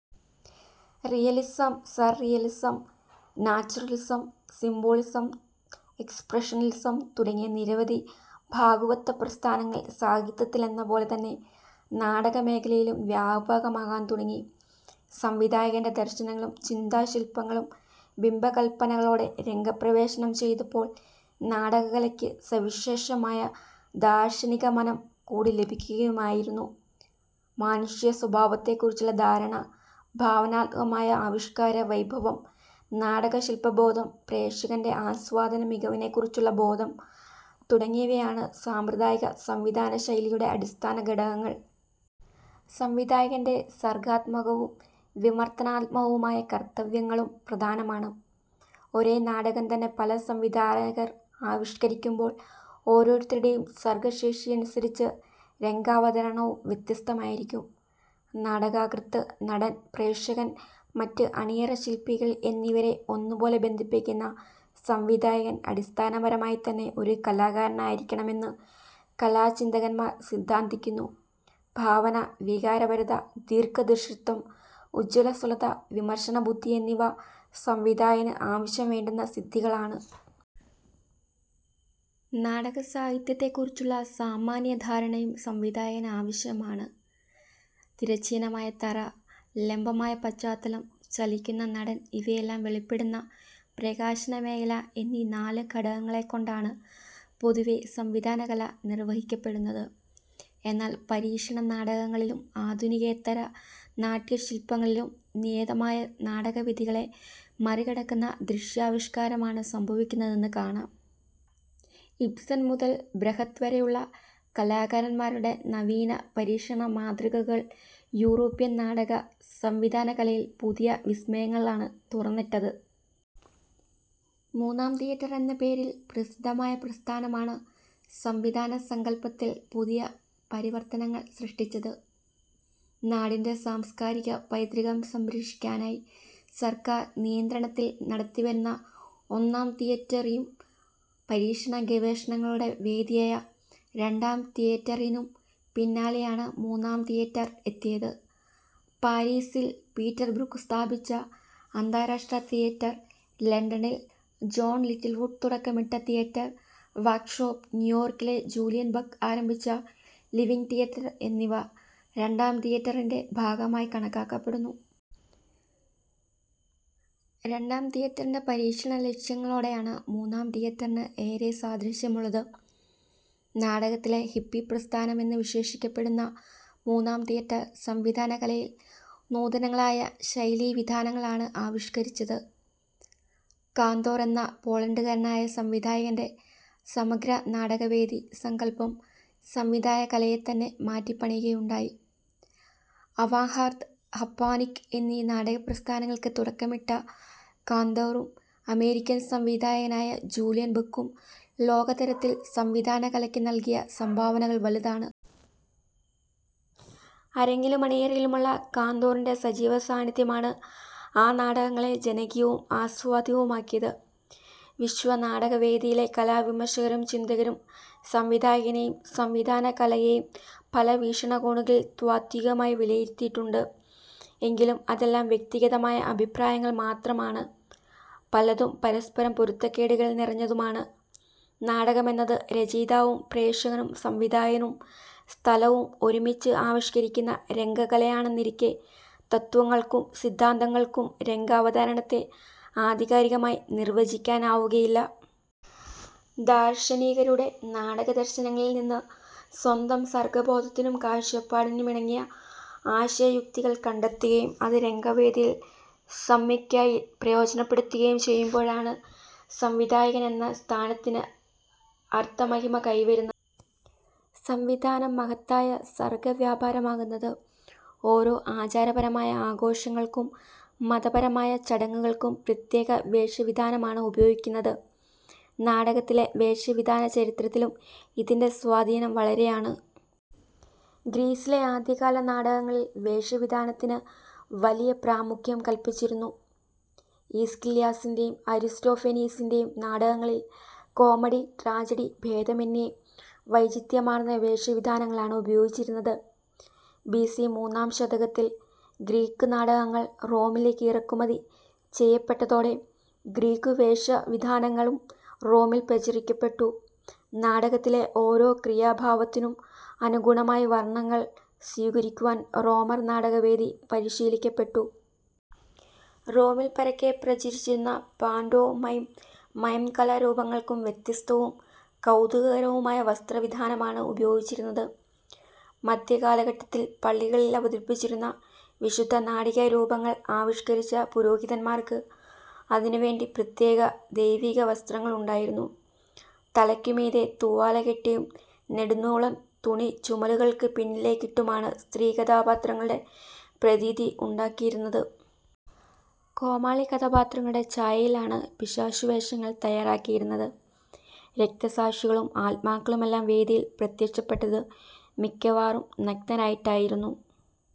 Realism, surrealism, naturalism, symbolism, expressionism തുടങ്ങിയ നിരവധി ഭാവുകത്വപ്രസ്ഥാനങ്ങൾ സാഹിത്യത്തിലെന്നപോലെ തന്നെ നാടകമേഖലയിലും വ്യാപകമാകാൻ തുടങ്ങി. സംവിധായകൻ്റെ ദർശനങ്ങളും ചിന്താശില്പങ്ങളും ബിംബകല്പനകളോടെ രംഗപ്രവേശം ചെയ്തപ്പോൾ നാടകകലയ്ക്ക് സവിശേഷമായ ദാർശനികമാനം കൂടി ലഭിക്കുകയായിരുന്നു. മാനുഷ്യസ്വഭാവത്തെക്കുറിച്ചുള്ള ധാരണ, ഭാവനാത്മകമായ ആവിഷ്കാര വൈഭവം, നാടകശില്പബോധം, പ്രേക്ഷകൻ്റെ ആസ്വാദന മികവിനെക്കുറിച്ചുള്ള ബോധം തുടങ്ങിയവയാണ് സാമ്പ്രദായിക സംവിധാനശൈലിയുടെ അടിസ്ഥാനഘടകങ്ങൾ. സംവിധായകൻ്റെ സർഗാത്മകവും വിമർത്തനാത്മകവുമായ കർത്തവ്യങ്ങളും പ്രധാനമാണ്. ഒരേ നാടകം തന്നെ പല സംവിധാകർ ആവിഷ്കരിക്കുമ്പോൾ ഓരോരുത്തരുടെയും സർഗശേഷി അനുസരിച്ച് രംഗാവതരണവും വ്യത്യസ്തമായിരിക്കും. നാടകകൃത്ത്, നടൻ, പ്രേക്ഷകൻ, മറ്റ് അണിയറ ശില്പികൾ എന്നിവരെ ഒന്നുപോലെ ബന്ധിപ്പിക്കുന്ന സംവിധായകൻ അടിസ്ഥാനപരമായിത്തന്നെ ഒരു കലാകാരനായിരിക്കണമെന്ന് കലാചിന്തകന്മാർ സിദ്ധാന്തിക്കുന്നു. ഭാവന, വികാരപരിത, ദീർഘദിർശിത്വം, ഊജ്ജലസ്വാലത, വിമർശനബുദ്ധി എന്നിവ സംവിധായകന് അവശ്യംവേണ്ടുന്ന സിദ്ധികളാണ്. നാടകസാഹിത്യത്തെക്കുറിച്ചുള്ള സാമാന്യധാരണയും സംവിധായകന് ആവശ്യമാണ്. തിരശ്ചീനമായ തറ, ലംബമായ പശ്ചാത്തലം, ചലിക്കുന്ന നടൻ ഇവയെല്ലാം വെളിപ്പെട്ന്ന പ്രകാശനമേഖല എന്നീ നാല് ഘടകങ്ങളെക്കൊണ്ടാണ് പൊതുവേ, സംവിധാനകല നിർവഹിക്കപ്പെട്ന്നത്. എന്നാൽ പരീക്ഷണ നാടകങ്ങളിലും ആധുനികോത്തര നാട്ട്യശില്പങ്ങളിലും നിയതമായ നാടകവിധികളെ മറികടക്കുന്ന ദൃശ്യാവിഷ്കാരമാണ് സംഭവിക്കുന്നതെന്ന് കാണാം. ഇബ്സൻ മുതൽ ബ്രഹ്ത് വരെയുള്ള കലാകാരന്മാരുടെ നവീന പരീക്ഷണ മാതൃകകൾ യൂറോപ്യൻ നാടക സംവിധാനകലയിൽ പുതിയ വിസ്മയങ്ങളാണ് തുറന്നിട്ടത്. 'മൂന്നാം തിയേറ്റർ' എന്ന പേരിൽ പ്രസിദ്ധമായ പ്രസ്ഥാനമാണ് സംവിധാനസങ്കല്പത്തിൽ പുതിയ പരിവർത്തനങ്ങൾ സൃഷ്ടിച്ചത്. നാടിൻ്റെ സംസ്കാരിക പൈതൃകം സംരക്ഷിക്കാനായി സർക്കാർ നിയന്ത്രണത്തിൽ നടത്തിവരുന്ന 'ഒന്നാം തിയേറ്ററി' പരീക്ഷണഗവേഷണങ്ങളുടെ വേദിയായ 'രണ്ടാം തിയേറ്ററി'നും പിന്നാലെയാണ് 'മൂന്നാം തിയേറ്റർ' എത്തിയത്. പാരിസിൽ പീറ്റർബ്രൂക്ക് സ്ഥാപിച്ച അന്താരാഷ്ട്ര തിയേറ്റർ, ലണ്ടനിൽ ജോൺ ലിറ്റിൽവുഡ് തുടക്കമിട്ട തിയേറ്റർ വർക്ക്ഷോപ്പ്, ന്യൂയോർക്കിൽ ജൂലിയൻ ബക്ക് ആരംഭിച്ച 'ലിവിങ് തിയേറ്റർ' എന്നിവ 'രണ്ടാം തിയേറ്ററി'ൻ്റെ ഭാഗമായി കണക്കാക്കപ്പെടുന്നു. രണ്ടാം തിയേറ്ററിൻ്റെ പരീക്ഷണ ലക്ഷ്യങ്ങളോടാണ് മൂന്നാം തിയേറ്ററിന് ഏറെ സാദൃശ്യമുള്ളത്. 'നാടകത്തിലെ ഹിപ്പി പ്രസ്ഥാനം' എന്ന് വിശേഷിക്കപ്പെടുന്ന മൂന്നാം തിയേറ്റർ, സംവിധാനകലയിൽ നൂതനങ്ങളായ ശൈലീവിതാനങ്ങളാണ് ആവിഷ്കരിച്ചത്. കാന്തോർ എന്ന പോളണ്ടുകാരനായ സംവിധായകൻ്റെ 'സമഗ്രനാടകവേദി' സങ്കല്പം സംവിധാനകലയെത്തന്നെ മാറ്റിപ്പണിയുകയുണ്ടായി. ഹവാഹാർദ്, ഹപ്പാനിക് എന്നീ നാടകപ്രസ്ഥാനങ്ങൾക്ക് തുടക്കമിട്ട കാന്തോറും അമേരിക്കൻ സംവിധായകനായ ജൂലിയൻ ബക്കും ലോകതലത്തിൽ സംവിധാനകലയ്ക്ക് നൽകിയ സംഭാവനകൾ വലുതാണ്. അരങ്ങിലും അണിയറയിലുമുള്ള കാന്തോറിൻ്റെ സജീവസാന്നിധ്യമാണ് ആ നാടകങ്ങളെ ജനകീയവും ആസ്വാദ്യവുമാക്കിയത്. വിശ്വനാടകവേദിയിലെ കലാവിമർശകരും ചിന്തകരും സംവിധായകനെയും സംവിധാനകലയെയും പല വീക്ഷണകോണുകൾ താത്ത്വികമായി വിലയിരുത്തിയിട്ടുണ്ട്. എങ്കിലും അതെല്ലാം വ്യക്തിഗതമായ അഭിപ്രായങ്ങൾ മാത്രമാണ്. പലതും പരസ്പരം പൊരുത്തക്കേടുകൾ നിറഞ്ഞതുമാണ്. നാടകമെന്നത് രചയിതാവും പ്രേക്ഷകനും സംവിധായനും സ്ഥലവും ഒരുമിച്ച് ആവിഷ്കരിക്കുന്ന രംഗകലയാണെന്നിരിക്കെ, തത്ത്വങ്ങൾക്കും സിദ്ധാന്തങ്ങൾക്കും രംഗാവതരണത്തെ ആധികാരികമായി നിർവചിക്കാനാവുകയില്ല. ദാർശനികരുടെ നാടകദർശനങ്ങളിൽ നിന്ന് സ്വന്തം സർഗബോധത്തിനും കാഴ്ചപ്പാടിനും ഇണങ്ങിയ ആശയയുക്തികൾ കണ്ടെത്തുകയും അത് രംഗവേദിയിൽ സമ്യക്കായി പ്രയോജനപ്പെടുത്തുകയും ചെയ്യുമ്പോഴാണ് സംവിധായകൻ എന്ന സ്ഥാനത്തിന് അർഥമഹിമ കൈവരുന്നത്; സംവിധാനം മഹത്തായ സർഗവ്യാപാരമാകുന്നത്. ഓരോ ആചാരപരമായ ആഘോഷങ്ങൾക്കും മതപരമായ ചടങ്ങുകൾക്കും പ്രത്യേക വേഷവിധാനമാണ് ഉപയോഗിക്കുന്നത്. നാടകത്തിലെ വേഷവിധാന ചരിത്രത്തിലും ഇതിൻ്റെ സ്വാധീനം വളരെയാണ്. ഗ്രീസിലെ ആദ്യകാല നാടകങ്ങളിൽ, വേഷവിധാനത്തിന് വലിയ പ്രാമുഖ്യം കൽപ്പിച്ചിരുന്നു. ഈസ്കില്ലസിൻ്റെയും അരിസ്റ്റോഫെനീസിൻ്റെയും നാടകങ്ങളിൽ കോമഡി-ട്രാജഡി ഭേദമെന്യേ വൈചിത്ര്യമാർന്ന വേഷ വിധാനങ്ങളാണ് ഉപയോഗിച്ചിരുന്നത്. ബിസി മൂന്നാം ശതകത്തിൽ ഗ്രീക്കു നാടകങ്ങൾ റോമിലേക്ക് ഇറക്കുമതി ചെയ്യപ്പെട്ടതോടെ ഗ്രീക്കുവേഷവിധാനങ്ങളും റോമിൽ പ്രചരിക്കപ്പെട്ടു. നാടകത്തിലെ ഓരോ ക്രിയാഭാവത്തിനും അനുഗുണമായി വർണങ്ങൾ സ്വീകരിക്കുവാൻ റോമർ നാടകവേദി പരിശീലിക്കപ്പെട്ടു. റോമിൽ പരക്കെ പ്രചരിച്ചിരുന്ന പാന്റോ മൈം, മൈം കലാരൂപങ്ങൾക്കും, വ്യത്യസ്തവും കൗതുകകരവുമായ വസ്ത്രവിധാനമാണ് ഉപയോഗിച്ചിരുന്നത്. മധ്യകാലഘട്ടത്തിൽ പള്ളികളിൽ അവതരിപ്പിച്ചിരുന്ന വിശുദ്ധ നാടകീയ രൂപങ്ങൾ ആവിഷ്കരിച്ച പുരോഹിതന്മാർക്ക്, അതിനുവേണ്ടി പ്രത്യേക ദൈവിക വസ്ത്രങ്ങളുണ്ടായിരുന്നു. തലയ്ക്കു മീതെ തൂവാല കെട്ടിയും നെടുനൂളൻ തുണി ചുമലുകൾക്ക് പിന്നിലേക്കിട്ടുമാണ് സ്ത്രീ കഥാപാത്രങ്ങളുടെ പ്രതീതി ഉണ്ടാക്കിയിരുന്നത്. കോമാളി കഥാപാത്രങ്ങളുടെ ഛായയിലാണ് പിശാചുവേഷങ്ങൾ തയ്യാറാക്കിയിരുന്നത്. രക്തസാക്ഷികളും ആത്മാക്കളുമെല്ലാം വേദിയിൽ പ്രത്യക്ഷപ്പെട്ടത് മിക്കവാറും നഗ്നരായിട്ടായിരുന്നു.